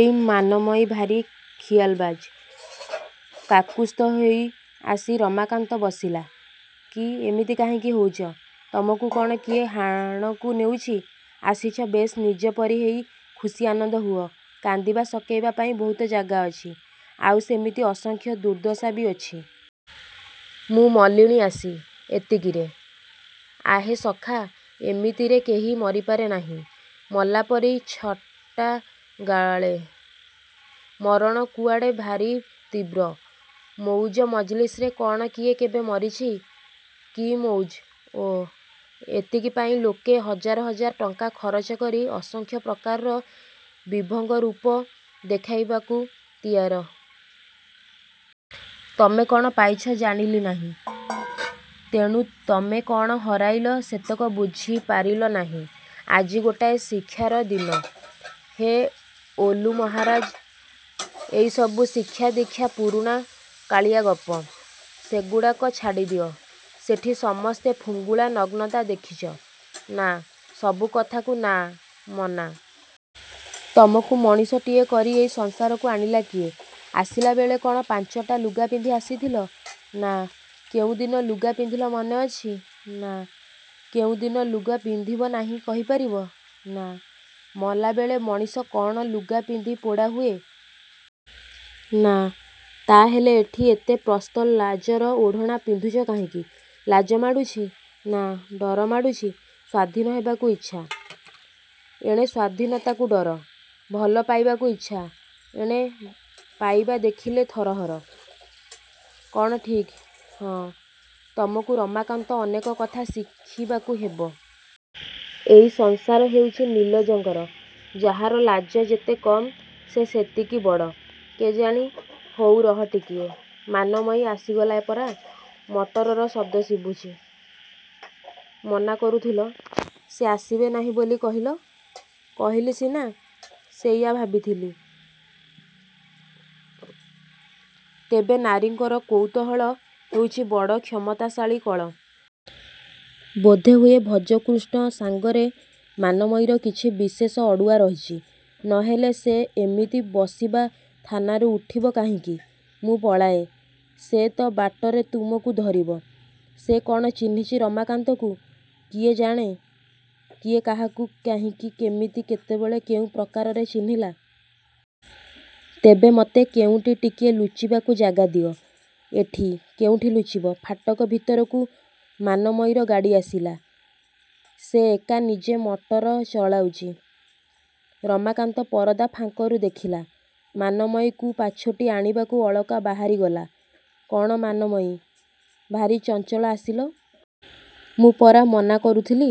ଏଇ ମାନମୟୀ ଭାରି ଖିଆଲବାଜ୍। କାକୁସ୍ଥ ହେଇ ଆସି ରମାକାନ୍ତ ବସିଲା। -କି, ଏମିତି କାହିଁକି ହଉଛ? ତୁମକୁ କ'ଣ କିଏ ହାଣକୁ ନେଉଛି? ଆସିଛ-ବେଶ୍ ନିଜ ପରି ହେଇ ଖୁସି ଆନନ୍ଦ ହୁଅ। କାନ୍ଦିବା ସକେଇବା ପାଇଁ ବହୁତ ଜାଗା ଅଛି। ଆଉ ସେମିତି ଅସଂଖ୍ୟ ଦୁର୍ଦ୍ଦଶା ବି ଅଛି। -ମୁଁ ମଲିଣି ଆସି। -ଏତିକିରେ? ଆହେ ସଖା, ଏମିତିରେ କେହି ମରିପାରେ ନାହିଁ। ମଲା ପରି ଛଟା ଗାଳେ। ମରଣ କୁଆଡ଼େ ଭାରି ତୀବ୍ର। ମଉଜ ମଜ୍ଲିସରେ କ'ଣ କିଏ କେବେ ମରିଛି? -କି ମଉଜ? -ଓ? ଏତିକି ପାଇଁ ଲୋକେ ହଜାର ହଜାର ଟଙ୍କା ଖରଚ କରି ଅସଂଖ୍ୟ ପ୍ରକାରର ବିଭଙ୍ଗ ରୂପ ଦେଖାଇବାକୁ ତିଆର। ତମେ କ'ଣ ପାଇଛ ଜାଣିଲି ନାହିଁ। ତେଣୁ ତମେ କ'ଣ ହରାଇଲ-ସେତକ ବୁଝି ପାରିଲ ନାହିଁ। -ଆଜି ଗୋଟାଏ ଶିକ୍ଷାର ଦିନ। -ହେ, ଓଲୁ ମହାରାଜ, ଏଇସବୁ ଶିକ୍ଷାଦୀକ୍ଷା ପୁରୁଣା-କାଳିଆ ଗପ। ସେଗୁଡ଼ାକ ଛାଡ଼ିଦିଅ। ଏଠି ସମସ୍ତେ ଫୁଙ୍ଗୁଳା-ନଗ୍ନତା ଦେଖିଛ? -ନା। -ସବୁ କଥାକୁ ନା-ମନା। ତୁମକୁ ମଣିଷଟିଏ କରି ଏଇ ସଂସାରକୁ ଆଣିଲା କିଏ? ଆସିଲା ବେଳେ କ'ଣ ପାଞ୍ଚଟା ଲୁଗା ପିନ୍ଧି ଆସିଥିଲ? -ନା। -କେଉଁଦିନ ଲୁଗା ପିନ୍ଧିଲ ମନେ ଅଛି? -ନା। -କେଉଁଦିନ ଲୁଗା ପିନ୍ଧିବ ନାହିଁ କହି ପାରିବ? -ନା। -ମଲାବେଳେ ମଣିଷ କ'ଣ ଲୁଗା ପିନ୍ଧି ପୋଡ଼ା ହୁଏ। -ନା। -ତାହାହେଲେ ଏଠି ଏତେ ପ୍ରସ୍ତ ଲାଜର ଓଢ଼ଣା ପିନ୍ଧୁଛ କାହିଁକି? -ଲାଜ ମାଡ଼ୁଛି। -ନା, ଡର ମାଡ଼ୁଛି? ସ୍ୱାଧୀନ ହେବାକୁ ଇଚ୍ଛା। ଏଣେ ସ୍ୱାଧୀନତାକୁ ଡର। ଭଲ ପାଇବାକୁ ଇଚ୍ଛା-ଏଣେ ପାଇବା ଦେଖିଲେ ଥରହର। -କ'ଣ ଠିକ୍? -ହଁ। -ତୁମକୁ ରମାକାନ୍ତ, ଅନେକ କଥା ଶିଖିବାକୁ ହେବ। ଏଇ ସଂସାର ହେଉଛି ନିର୍ଲଜଙ୍କର। ଯାହାର ଲାଜ ଯେତେ କମ୍, ସେ ସେତିକି ବଡ଼। -କେଜାଣି। -ହଉ ରହ ଟିକିଏ। ମାନମୟୀ ଆସିଗଲା ପରା। ମଟରର ଶବ୍ଦ ଶୁଭୁଛି। -ମନା କରୁଥିଲ। ସେ ଆସିବେ ନାହିଁ ବୋଲି କହିଲ। -କହିଲି ସିନା। ସେଇଆ ଭାବିଥିଲି। ତେବେ ନାରୀଙ୍କର କୌତୂହଳ ହେଉଛି ବଡ଼ କ୍ଷମତାଶାଳୀ କଳ। ବୋଧହୁଏ ଭଜକୃଷ୍ଣ ସାଙ୍ଗରେ ମାନମୟୀର କିଛି ବିଶେଷ ଅଡ଼ୁଆ ରହିଛି-। ନ ହେଲେ ସେ ଏମିତି ବସିବା ଥାନରୁ ଉଠିବ କାହିଁକି? -ମୁଁ ପଳାଏଁ। -ସେ ତ ବାଟରେ ତୁମକୁ ଧରିବ। -ସେ କ'ଣ ଚିହ୍ନିଛି ରମାକାନ୍ତକୁ? -କିଏ ଜାଣେଁ? କିଏ କାହାକୁ କାହିଁକି କେମିତି କେତେବେଳେ କେଉଁ ପ୍ରକାରରେ ଚିହ୍ନିଲା? -ତେବେ ମତେ କେଉଁଠି ଟିକିଏ ଲୁଚିବାକୁ ଜାଗା ଦିଅ। -ଏଠି? କେଉଁଠି ଲୁଚିବ? -ଫାଟକ ଭିତରକୁ ମାନମୟୀର ଗାଡ଼ି ଆସିଲା-ସେ ଏକା-ନିଜେ ମଟର ଚଳାଉଛି। ରମାକାନ୍ତ ପରଦା ଫାଙ୍କରୁ ଦେଖିଲା। ମାନମୟୀକୁ ପାଛୋଟି ଆଣିବାକୁ ଅଳକା ବାହାରି ଗଲା। -କ'ଣ ମାନମୟୀ? ଭାରି ଚଞ୍ଚଳ ଆସିଲ? ମୁଁ ପରା ମନା କରୁଥିଲି।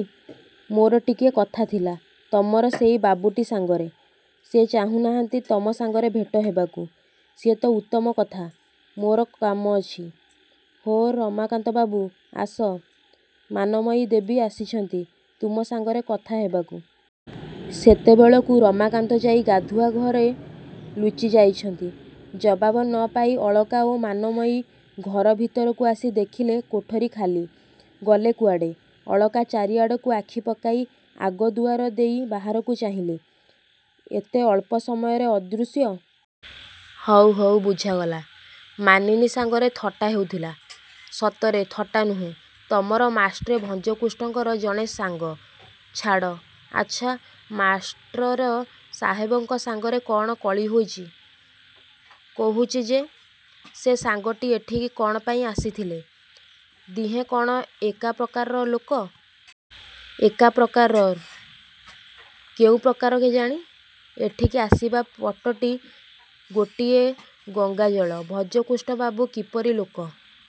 -ମୋର ଟିକିଏ କଥାଥିଲା। ତମର ସେଇ ବାବୁଟି' ସାଙ୍ଗରେ। -ସେ ଚାହୁଁ ନାହାନ୍ତି ତମ ସାଙ୍ଗରେ ଭେଟ ହେବାକୁ। -ସିଏ ତ ଉତ୍ତମ କଥା। ମୋର କାମ ଅଛି। -ହୋ, ରମାକାନ୍ତବାବୁ, ଆସ। ମାନମୟୀ ଦେବୀ ଆସିଛନ୍ତି ତୁମ ସାଙ୍ଗରେ କଥା ହେବାକୁ। ସେତେବେଳକୁ ରମାକାନ୍ତ ଯାଇ ଗାଧୁଆଘରେ ଲୁଚି ଯାଇଛନ୍ତି। ଜବାବ ନ ପାଇ ଅଳକା ଓ ମାନମୟୀ ଘର ଭିତକୁ ଆସି ଦେଖିଲେ କୋଠରୀ ଖାଲି। -ଗଲେ କୁଆଡ଼େ? -ଅଳକା ଚାରିଆଡ଼କୁ ଆଖି ପକାଇ ଆଗ ଦୁଆର ଦେଇ ବାହାରକୁ ଚାହିଁଲା। ଏତେ ଅଳ୍ପ ସମୟରେ ଅଦୃଶ୍ୟ। -ହଉ, ହଉ ବୁଝାଗଲା। ମାନିନୀ ସାଙ୍ଗରେ ଥଟ୍ଟା ହେଉଥିଲା। -ସତରେ। ଥଟ୍ଟା ନୁହେଁ। ତମର ମାଷ୍ଟ୍ର ଭଜକୃଷ୍ଣଙ୍କର ଜଣେ ସାଙ୍ଗ। -ଛାଡ଼। -ଆଚ୍ଛା, ମାଷ୍ଟର ସାହେବଙ୍କ ସାଙ୍ଗରେ କ'ଣ କଳି ହୋଇଛି? -କହୁଛି ଯେ। ସେ ସାଙ୍ଗଟି ଏଠିକି କ'ଣ ପାଇଁ ଆସିଥିଲେ? ଦିହେଁ କ'ଣ ଏକା ପ୍ରକାରର ଲୋକ? -ଏକା ପ୍ରକାରର? କେଉଁ ପ୍ରକାର କେଜାଣି? ଏଠିକି ଆସିବା ପଟଟି ଗୋଟିଏ-ଗଙ୍ଗାଜଳ। ଭଜକୃଷ୍ଣବାବୁ କିପରି ଲୋକ?